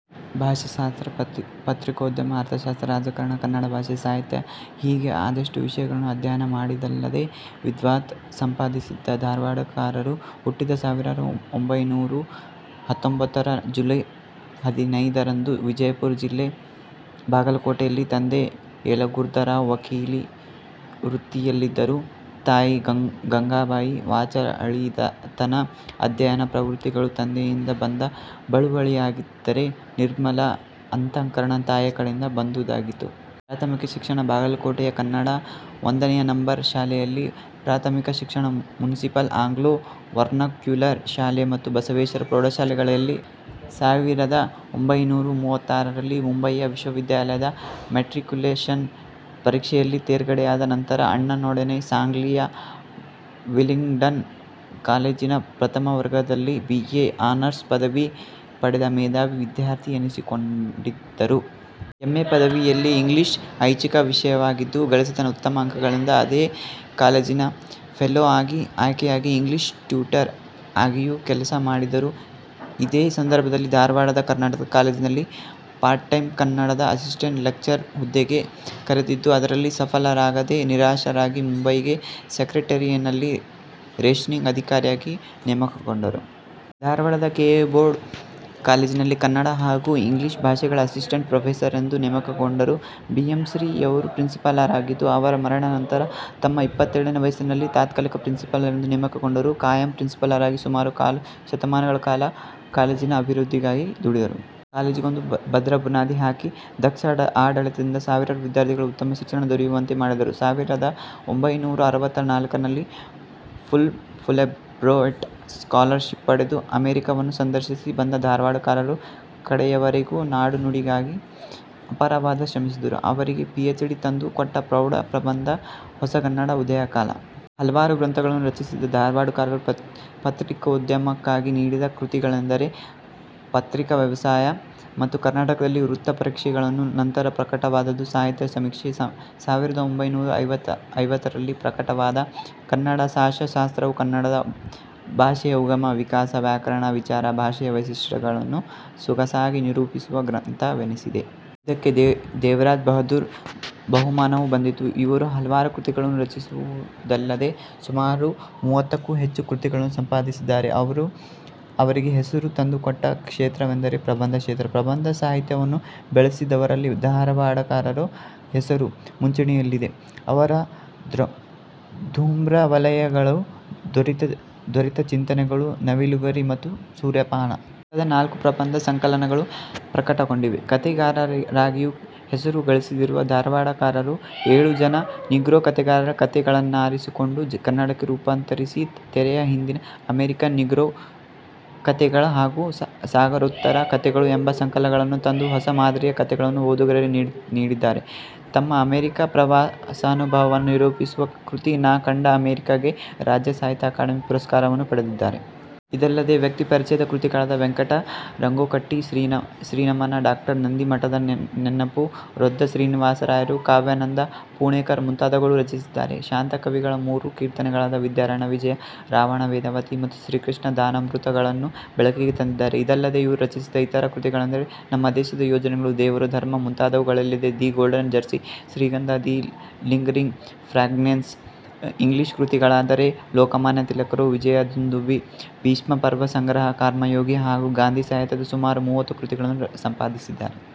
ಭಾಷಾಶಾಸ್ತ್ರ, ಪತ್ರಿಕೋದ್ಯಮ, ಅರ್ಥಶಾಸ್ತ್ರ, ರಾಜಕಾರಣ, ಕನ್ನಡಭಾಷೆ, ಸಾಹಿತ್ಯ ಹೀಗೆ ಅದೆಷ್ಟೋ ವಿಷಯಗಳನ್ನೂ ಅಧ್ಯಯನ ಮಾಡಿದ್ದಲ್ಲದೆ ವಿದ್ವತ್ ಸಂಪಾದಿಸಿದ್ದ ಧಾರವಾಡಕರರು ಹುಟ್ಟಿದ್ದು ಸಾವಿರದ ಒಂಬೈನೂರಾ ಹತ್ತೊಂಬತ್ತರ ಜುಲೈ ಹದಿನೈದರಂದು ವಿಜಾಪುರ ಜಿಲ್ಲೆಯ ಬಾಗಲಕೋಟೆಯಲ್ಲಿ. ತಂದೆ ಯಲಗುರ್ದರಾವ್ ವಕೀಲಿ ವೃತ್ತಿಯಲ್ಲಿದ್ದವರು, ತಾಯಿ ಗಂಗಾಬಾಯಿ. ವಾಚಾಳಿತನ, ಅಧ್ಯಯನ ಪ್ರವೃತ್ತಿಗಳು ತಂದೆಯಿಂದ ಬಂದ ಬಳುವಳಿಯಾಗಿದ್ದರೆ ನಿರ್ಮಲ ಅಂತಃಕರಣ, ತಾಯಿಯ ಕಡೆಯಿಂದ ಬಂದುದಾಗಿತ್ತು. ಪ್ರಾಥಮಿಕ ಶಿಕ್ಷಣ ಬಾಗಲಕೋಟೆಯ ಕನ್ನಡ ಒಂದನೆಯ ನಂಬರ್ ಶಾಲೆಯಲ್ಲಿ. ಮಾಧ್ಯಮಿಕ ಶಿಕ್ಷಣ ಮುನಿಸಿಪಲ್ ಆಂಗ್ಲೋ ವರ್ನಾಕ್ಯುಲರ್ ಶಾಲೆ ಮತ್ತು ಬಸವೇಶ್ವರ ಪ್ರೌಢಶಾಲೆಗಳಲ್ಲಿ. ಸಾವಿರದ ಒಂಬೈನೂರಾ ಮೂವತ್ತಾರರಲ್ಲಿ ಮುಂಬಯಿಯ ವಿಶ್ವವಿದ್ಯಾಲಯದ ಮೆಟ್ರಿಕ್ಯುಲೇಷನ್ ಪರೀಕ್ಷೆಯಲ್ಲಿ ತೇರ್ಗಡೆಯಾದ ನಂತರ ಅಣ್ಣನೊಡನೆ ಸಾಂಗ್ಲಿಯ ವಿಲ್ಲಿಂಗ್ಡನ್ ಕಾಲೇಜಿನಿಂದ ಪ್ರಥಮವರ್ಗದಲ್ಲಿ ಬಿ. ಎ. ಆನರ್ಸ್ ಪದವಿ ಪಡೆದ ಮೇಧಾವಿ ವಿದ್ಯಾರ್ಥಿ ಎನಿಸಿಕೊಂಡಿದ್ದರು. ಎಂ. ಎ. ಪದವಿಯಲ್ಲಿ ಇಂಗ್ಲಿಷ್ ಐಚ್ಛಿಕ ವಿಷಯವಾಗಿದ್ದು, ಗಳಿಸಿದ ಉತ್ತಮ ಅಂಕಗಳಿಂದ ಅದೇ ಕಾಲೇಜಿನ ಫೆಲೊ ಆಗಿ ಆಯ್ಕೆಯಾಗಿ ಇಂಗ್ಲಿಷ್ ಟ್ಯೂಟರ್ ಆಗಿಯೂ ಕೆಲಸ ಮಾಡಿದರು. ಇದೇ ಸಂದರ್ಭದಲ್ಲಿ ಧಾರವಾಡದ ಕರ್ನಾಟಕ ಕಾಲೇಜಿನಲ್ಲಿ ಪಾರ್ಟಟೈಂ ಕನ್ನಡದ ಅಸಿಸ್ಟೆಂಟ್ ಲೆಕ್ಚರರ್ ಹುದ್ದೆಗೆ ಕರೆದಿದ್ದು ಅದರಲ್ಲಿ ಸಫಲರಾಗದೆ ನಿರಾಶರಾಗಿ ಮುಂಬಯಿಯ ಸೆಕ್ರಟರಿಯೆಟ್ನಲ್ಲಿ ರೇಷನಿಂಗ್ ಅಧಿಕಾರಿಯಾಗಿ ನೇಮಕಗೊಂಡರು. ಧಾರವಾಡದ ಕೆ. ಇ. ಬೋರ್ಡ್ ಕಾಲೇಜಿನಲ್ಲಿ ಕನ್ನಡ ಹಾಗೂ ಇಂಗ್ಲಿಷ್ ಭಾಷೆಗಳ ಅಸಿಸ್ಟೆಂಟ್ ಪ್ರೊಫೆಸರೆಂದು ನೇಮಕಗೊಂಡರು. ಬಿ. ಎಂ. ಶ್ರೀ. ಯವರು ಪ್ರಿನ್ಸಿಪಾಲರಾಗಿದ್ದು ಅವರ ಮರಣಾನಂತರ ತಮ್ಮ ಇಪ್ಪತ್ತೇಳನೆಯ ವಯಸ್ಸಿನಲ್ಲಿಯೇ ತಾತ್ಕಾಲಿಕ ಪ್ರಿನ್ಸಿಪಾಲರೆಂದು ನೇಮಕಗೊಂಡವರು ಖಾಯಂ ಪ್ರಿನ್ಸಿಪಾಲರಾಗಿ ಸುಮಾರು ಕಾಲು ಶತಮಾನಗಳ ಕಾಲ ಕಾಲೇಜಿನ ಅಭಿವೃದ್ಧಿಗಾಗಿ ದುಡಿದರು. ಕಾಲೇಜಿಗೊಂದು ಭದ್ರ ಬುನಾದಿ ಹಾಕಿ, ದಕ್ಷ ಆಡಳಿತದಿಂದ ಸಾವಿರಾರು ವಿದ್ಯಾರ್ಥಿಗಳಿಗೆ ಉತ್ತಮ ಶಿಕ್ಷಣ ದೊರೆಯುವಂತೆ ಮಾಡಿದರು. ಸಾವಿರದ ಒಂಬೈನೂರಾ ಅರವತ್ತ ನಾಲ್ಕರಲ್ಲಿ ಫುಲ್ಬ್ರೈಟ್ ಸ್ಕಾಲರ್ ಶಿಪ್ ಪಡೆದು ಅಮೆರಿಕಾವನ್ನು ಸಂದರ್ಶಿಸಿ ಬಂದ ಧಾರವಾಡಕರರು ಕಡೆಯವರೆಗೂ ನಾಡು ನುಡಿಗಾಗಿ ಅಪಾರವಾಗಿ ಶ್ರಮಿಸಿದರು. ಅವರಿಗೆ ಪಿಎಚ್. ಡಿ. ತಂದು ಕೊಟ್ಟ ಪ್ರೌಢ ಪ್ರಬಂಧ ಹೊಸಗನ್ನಡ ಉದಯಕಾಲ. ಹಲವಾರು ಗ್ರಂಥಗಳನ್ನು ರಚಿಸಿದ್ದ ಧಾರವಾಡಕರರು ಪತ್ರಿಕೋದ್ಯಮಕ್ಕಾಗಿ ನೀಡಿದ ಕೃತಿಗಳೆಂದರೆ ಪತ್ರಿಕಾ ವ್ಯವಸಾಯ, ಮತ್ತು ಕರ್ನಾಟಕದಲ್ಲಿ ವೃತ್ತ ಪತ್ರಿಕೆಗಳು. ನಂತರ ಪ್ರಕಟವಾದದ್ದು ಸಾಹಿತ್ಯ ಸಮೀಕ್ಷೆ. ಸಾವಿರದ ಒಂಬೈನೂರಾ ಐವತ್ತರಲ್ಲಿ ಪ್ರಕಟವಾದ ಕನ್ನಡ ಭಾಷಾ ಶಾಸ್ತ್ರವು ಕನ್ನಡ ಭಾಷೆಯ ಉಗಮ, ವಿಕಾಸ, ವ್ಯಾಕರಣ ವಿಚಾರ, ಭಾಷೆಯ ವೈಶಿಷ್ಟ್ಯಗಳನ್ನೂ ಸೊಗಸಾಗಿ ನಿರೂಪಿಸಿರುವ ಗ್ರಂಥವೆನಿಸಿದೆ. ಇದಕ್ಕೆ ದೇವರಾಜ ಬಹದ್ದೂರ್ ಬಹುಮಾನವೂ ಬಂದಿತು. ಇವರು ಹಲವಾರು ಕೃತಿಗಳನ್ನೂ ರಚಿಸಿರುವುದಲ್ಲದೆ ಸುಮಾರು ಮೂವತ್ತಕ್ಕೂ ಹೆಚ್ಚು ಕೃತಿಗಳನ್ನೂ ಸಂಪಾದಿಸಿದ್ದಾರೆ. ಆದರೂ ಅವರಿಗೆ ಹೆಸರು ತಂದು ಕೊಟ್ಟ ಕ್ಷೇತ್ರವೆಂದರೆ ಪ್ರಬಂದ ಕ್ಷೇತ್ರ. ಪ್ರಬಂಧ ಸಾಹಿತ್ಯವನ್ನೂ ಬೆಳೆಸಿದವರಲ್ಲಿ ಧಾರವಾಡಕರರ ಹೆಸರು ಮುಂಚೂಣಿಯಲ್ಲಿದೆ. ಅವರ ಧೂಮ್ರವಲಯಗಳು, ತೂರಿದ ಚಿಂತನೆಗಳು, ನವಿಲುಗರಿ ಮತ್ತು ಸೂರ್ಯಪಾನ. ಮುಂತಾದ ನಾಲ್ಕು ಪ್ರಬಂಧ ಸಂಕಲನಗಳು ಪ್ರಕಟಗೊಂಡಿವೆ. ಕತೆಗಾರರಾಗಿಯೂ ಹೆಸರು ಗಳಿಸಿರುವ ಧಾರವಾಡಕರರು ಏಳು ಜನ ನಿಗ್ರೋ ಕತೆಗಾರರ ಕತೆಗಳನ್ನಾರಿಸಿಕೊಂಡು ಕನ್ನಡಕ್ಕೆ ರೂಪಾಂತರಿಸಿ ತೆರೆಯ ಹಿಂದೆ ಅಮೆರಿಕನ್ ನಿಗ್ರೋ ಕಥೆಗಳು ಮತ್ತು ಸಾಗರೋತ್ತರ ಕಥೆಗಳು ಎಂಬ ಸಂಕಲನಗಳನ್ನು ತಂದು ಹೊಸ ಮಾದರಿಯ ಕತೆಗಳನ್ನು ಓದುಗರಿಗೆ ನೀಡಿದ್ದಾರೆ. ತಮ್ಮ ಅಮರಿಕಾ ಪ್ರವಾಸಾನುಭವವನ್ನೂ ನಿರೂಪಿಸುವ ಕೃತಿ ನಾ ಕಂಡ ಅಮರಿಕೆಗೆ ರಾಜ್ಯ ಸಾಹಿತ್ಯ ಅಕಾಡಮಿಯ ಪುರಸ್ಕಾರವನ್ನೂ ಪಡೆದಿದ್ದಾರೆ. ಇದಲ್ಲದೆ ವ್ಯಕ್ತಿ ಪರಿಚಯದ ಕೃತಿಗಳಾದ ವೆಂಕಟ ರಂಗೋಕಟ್ಟಿ, ಶ್ರೀನಮನ, ಡಾ. ನಂದಿಮಠರ ನೆನಪು, ರೊದ್ದ ಶ್ರೀನಿವಾಸರಾಯರು, ಕಾವ್ಯಾನಂದ, ಪುಣೇಕರ ಮುಂತಾದವುಗಳನ್ನೂ ರಚಿಸಿದ್ದಾರೆ. ಶಾಂತ ಕವಿಗಳ ಮೂರು ಕೀರ್ತನೆಗಳಾದ ವಿದ್ಯಾರಣ್ಯ ವಿಜಯ, ರಾವಣ ವೇದವತಿ ಮತ್ತು ಶ್ರೀಕೃಷ್ಣ ದಾನಾಮೃತಗಳನ್ನೂ ಬೆಳಕಿಗೆ ತಂದಿದ್ದಾರೆ. ಇದಲ್ಲದೆ ಇವರು ರಚಿಸಿದ ಇತರ ಕೃತಿಗಳೆಂದರೆ ನಮ್ಮ ದೇಶದ ಯೋಜನೆಗಳು, ದೇವರು ಧರ್ಮ, ಮುಂತಾದವುಗಳಲ್ಲದೆ the golden jersey, Shrigandha, the lingering fragrance English ಕೃತಿಗಳಾದರೆ ಲೋಕಮಾನ್ಯ ತಿಲಕರು, ವಿಜಯದುಂದುಭಿ, ಭೀಷ್ಮಪರ್ವಸಂಗ್ರಹ, ಕರ್ಮಯೋಗಿ ಹಾಗೂ ಗಾಂಧಿಸಾಹಿತ್ಯದ ಸುಮಾರು ಮೂವತ್ತು ಕೃತಿಗಳನ್ನೂ ಸಂಪಾದಿಸಿದ್ದಾರೆ.